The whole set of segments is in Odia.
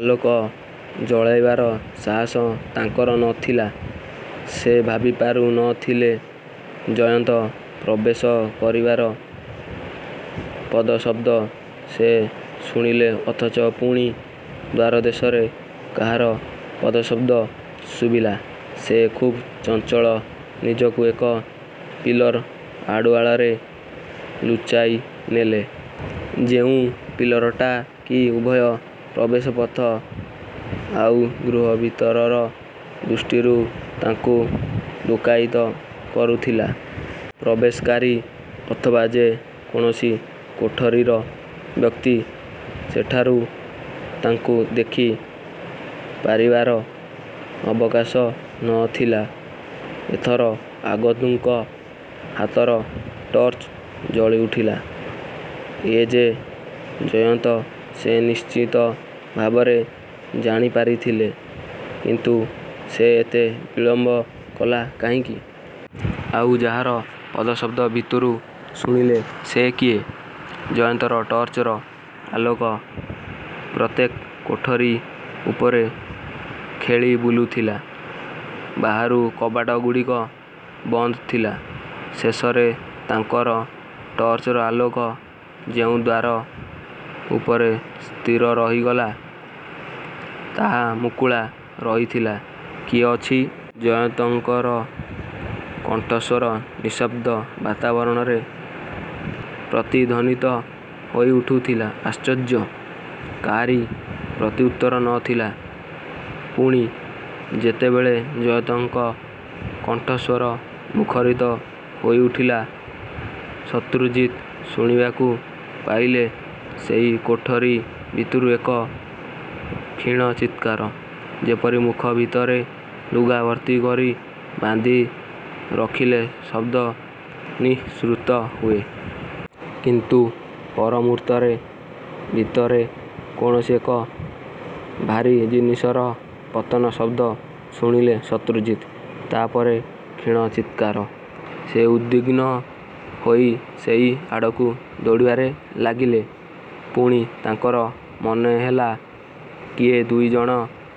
ଆଲୋକ ଜଳାଇବାର ସାହସ ତାଙ୍କର ନ ଥିଲା। ସେ ଭାବି ପାରୁ ନ ଥିଲେ ଜୟନ୍ତ ପ୍ରବେଶ କରିବାର ପଦଶବ୍ଦ ସେ ଶୁଣିଲେ ଅଥଚ ପୁଣି ଦ୍ୱାରଦେଶରେ କାହାର ପଦଶବ୍ଦ ଶୁଭିଲା। ସେ ଖୁବ୍ ଚଞ୍ଚଳ ନିଜକୁ ଏକ ପିଲର୍ ଆଢ଼ୁଆଳରେ ଲୁଚାଇ ନେଲେ। ଯେଉଁ ପିଲରଟା କି ଉଭୟ ପ୍ରବେଶ ପଥ ଆଉ ଗୃହ ଭିତରର ଦୃଷ୍ଟିରୁ ତାଙ୍କୁ ଲୁକ୍କାୟିତ କରୁଥିଲା। ପ୍ରବେଶକାରୀ ଅଥବା ଯେ କୌଣସି କୋଠରିର ବ୍ୟକ୍ତି ସେଠାରୁ ତାଙ୍କୁ ଦେଖି ପାରିବାର ଅବକାଶ ନ ଥିଲା। ଏ ଥର ଆଗନ୍ତୁକ ହାତର ଟର୍ଚ୍ଚ ଜଳିଉଠିଲା। ଏ ଯେ ଜୟନ୍ତ ସେ ନିଶ୍ଚିତ ଭାବରେ ଜାଣି ପାରିଥିଲେ। କିନ୍ତୁ ସେ ଏତେ ବିଳମ୍ବ କଲା କାହିଁକି? ଆଉ ଯାହାର ପଦଶବ୍ଦ ଭିତରୁ ଶୁଣିଲେ ସେ କିଏ? ଜୟନ୍ତର ଟର୍ଚ୍ଚର ଆଲୋକ ପ୍ରତ୍ୟେକ କୋଠରି ଉପରେ ଖେଳି ବୁଲୁଥିଲା। ବାହାରୁ କବାଟଗୁଡ଼ିକ ବନ୍ଦ ଥିଲା। ଶେଷରେ ତାଙ୍କର ଟର୍ଚ୍ଚର ଆଲୋକ ଯେଉଁ ଦ୍ୱାର ଉପରେ ସ୍ଥିର ରହିଗଲା ତାହା ମୁକୁଳା ରହିଥିଲା। କିଏ ଅଛି? ଜୟନ୍ତଙ୍କର କଣ୍ଠସ୍ୱର ନିସ୍ତବ୍ଧ ବାତାବରଣରେ ପ୍ରତିଧ୍ୱନିତ ହୋଇଉଠୁଥିଲା। ଆଶ୍ଚର୍ଯ୍ୟ। କାହାରି ପ୍ରତିଉତ୍ତର ନ ଥିଲା। ପୁଣି ଯେତେବେଳେ ଜୟନ୍ତଙ୍କ କଣ୍ଠସ୍ୱର ମୁଖରିତ ହୋଇ ଉଠିଲା ଶତ୍ରୁଜିତ୍ ଶୁଣିବାକୁ ପାଇଲେ ସେହି କୋଠରି ଭିତରୁ ଏକ କ୍ଷୀଣ ଚିତ୍କାର। ଯେପରି ମୁଖ ଭିତରେ ଲୁଗା ଭର୍ତ୍ତି କରି ବାନ୍ଧି ରଖିଲେ ଶବ୍ଦ ନିଃସୃତ ହୁଏ। କିନ୍ତୁ ପରମୁହୂର୍ତ୍ତରେ ଭିତରେ କୌଣସି ଏକ ଭାରୀ ଜିନିଷର ପତନ ଶବ୍ଦ ଶୁଣିଲେ ଶତ୍ରୁଜିତ୍। ତା ପରେ କ୍ଷୀଣ ଚିତ୍କାର। ସେ ଉଦ୍ବିଗ୍ନ ହୋଇ ସେହି ଆଡ଼କୁ ଦୌଡ଼ିବାରେ ଲାଗିଲେ। ପୁଣି ତାଙ୍କର ମନେ ହେଲା କିଏ ଦୁଇ ଜଣ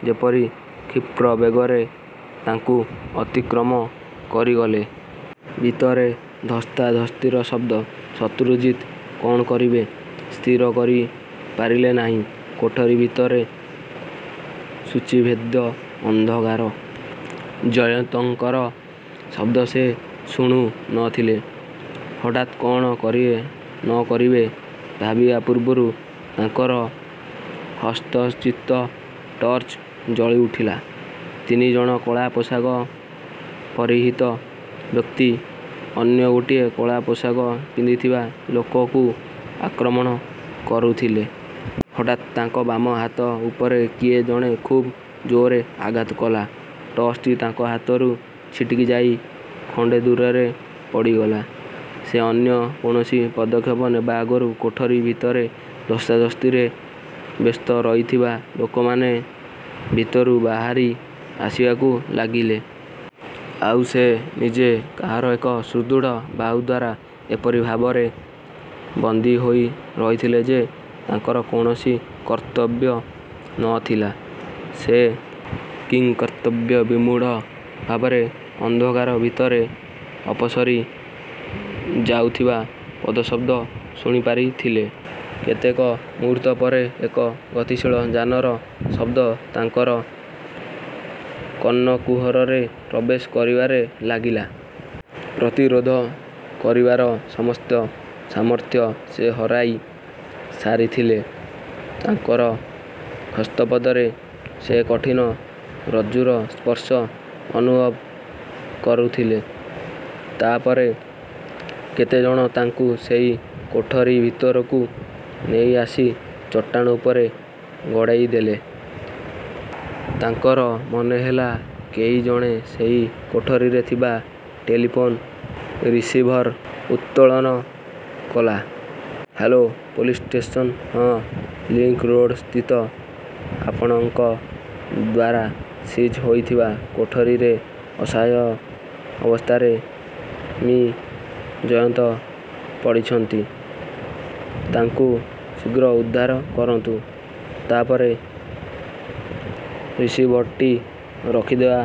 ଯେପରି କ୍ଷିପ୍ର ବେଗରେ ତାଙ୍କୁ ଅତିକ୍ରମ କରିଗଲେ। ଭିତରେ ଧସ୍ତାଧସ୍ତିର ଶବ୍ଦ। ଶତ୍ରୁଜିତ୍ କଣ କରିବେ ସ୍ଥିର କରି ପାରିଲେ ନାହିଁ। କୋଠରି ଭିତରେ ସୂଚୀଭେଦ୍ୟ ଅନ୍ଧକାର। ଜୟନ୍ତଙ୍କର ଶବ୍ଦ ସେ ଶୁଣୁ ନ ଥିଲେ। ହଠାତ୍ କଣ କରିବେ ନ କରିବେ ଭାବିବା ପୂର୍ବରୁ ତାଙ୍କର ହସ୍ତସ୍ଥିତ ଟର୍ଚ୍ଚ ଜଳିଉଠିଲା। ତିନି ଜଣ କଳା ପୋଷାକ ପରିହିତ ବ୍ୟକ୍ତି ଅନ୍ୟ ଗୋଟିଏ କଳା ପୋଷାକ ପିନ୍ଧିଥିବା ଲୋକକୁ ଆକ୍ରମଣ କରୁଥିଲେ। ହଠାତ୍ ତାଙ୍କ ବାମ ହାତ ଉପରେ କିଏ ଜଣେ ଖୁବ୍ ଜୋରରେ ଆଘାତ କଲା। ଟର୍ଚ୍ଚଟି ତାଙ୍କ ହାତରୁ ଛିଟିକି ଯାଇ ଖଣ୍ଡେ ଦୂରରେ ପଡ଼ିଗଲା। ସେ ଅନ୍ୟ କୌଣସି ପଦକ୍ଷେପ ନେବା ଆଗରୁ କୋଠରି ଭିତରେ ଧସ୍ତାଧସ୍ତିରେ ବ୍ୟସ୍ତ ରହିଥିବା ଲୋକମାନେ ଭିତରୁ ବାହାରି ଆସିବାକୁ ଲାଗିଲେ। ଆଉ ସେ ନିଜେ କାହାର ଏକ ସୁଦୃଢ଼ ବାହୁ ଦ୍ୱାରା ଏପରି ଭାବରେ ବନ୍ଦୀ ହୋଇ ରହିଥିଲେ ଯେ ତାଙ୍କର କୌଣସି କର୍ତ୍ତବ୍ୟ ନ ଥିଲା। ସେ କିଂକର୍ତ୍ତବ୍ୟ ବିମୂଢ଼ ଭାବରେ ଅନ୍ଧକାର ଭିତରେ ଅପସରି ଯାଉଥିବା ପଦଶବ୍ଦ ଶୁଣିପାରିଥିଲେ। କେତେକ ମୁହୂର୍ତ୍ତ ପରେ ଏକ ଗତିଶୀଳ ଯାନର ଶବ୍ଦ ତାଙ୍କର କର୍ଣ୍ଣକୁହରରେ ପ୍ରବେଶ କରିବାରେ ଲାଗିଲା। ପ୍ରତିରୋଧ କରିବାର ସମସ୍ତ ସାମର୍ଥ୍ୟ ସେ ହରାଇ ସାରିଥିଲେ। ତାଙ୍କର ହସ୍ତପଦରେ ସେ କଠିନ ରଜ୍ଜୁର ସ୍ପର୍ଶ ଅନୁଭବ କରୁଥିଲେ। ତା ପରେ କେତେ ଜଣ ତାଙ୍କୁ ସେହି କୋଠରି ଭିତରକୁ ନେଇ ଆସି ଚଟାଣ ଉପରେ ଗଡ଼ାଇ ଦେଲେ। ତାଙ୍କର ମନେହେଲା କେହି ଜଣେ ସେହି କୋଠରିରେ ଥିବା ଟେଲିଫୋନ୍ ରିସିଭର ଉତ୍ତୋଳନ କଲା। ହ୍ୟାଲୋ ପୋଲିସ ଷ୍ଟେସନ ହଁ ଲିଙ୍କ୍ ରୋଡ଼ ସ୍ଥିତ ଆପଣଙ୍କ ଦ୍ୱାରା ସିଜ୍ ହୋଇଥିବା କୋଠରିରେ ଅସହାୟ ଅବସ୍ଥାରେ ମି ଜୟନ୍ତ ପଡ଼ିଛନ୍ତି। ତାଙ୍କୁ ଶୀଘ୍ର ଉଦ୍ଧାର କରନ୍ତୁ। ତା ପରେ ରିସିଭରଟି ରଖିଦେବା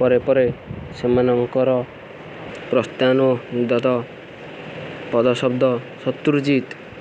ପରେ ପରେ ସେମାନଙ୍କର ପ୍ରସ୍ଥାନୋଦ୍ୟତ ପଦଶବ୍ଦ ଶତ୍ରୁଜିତ୍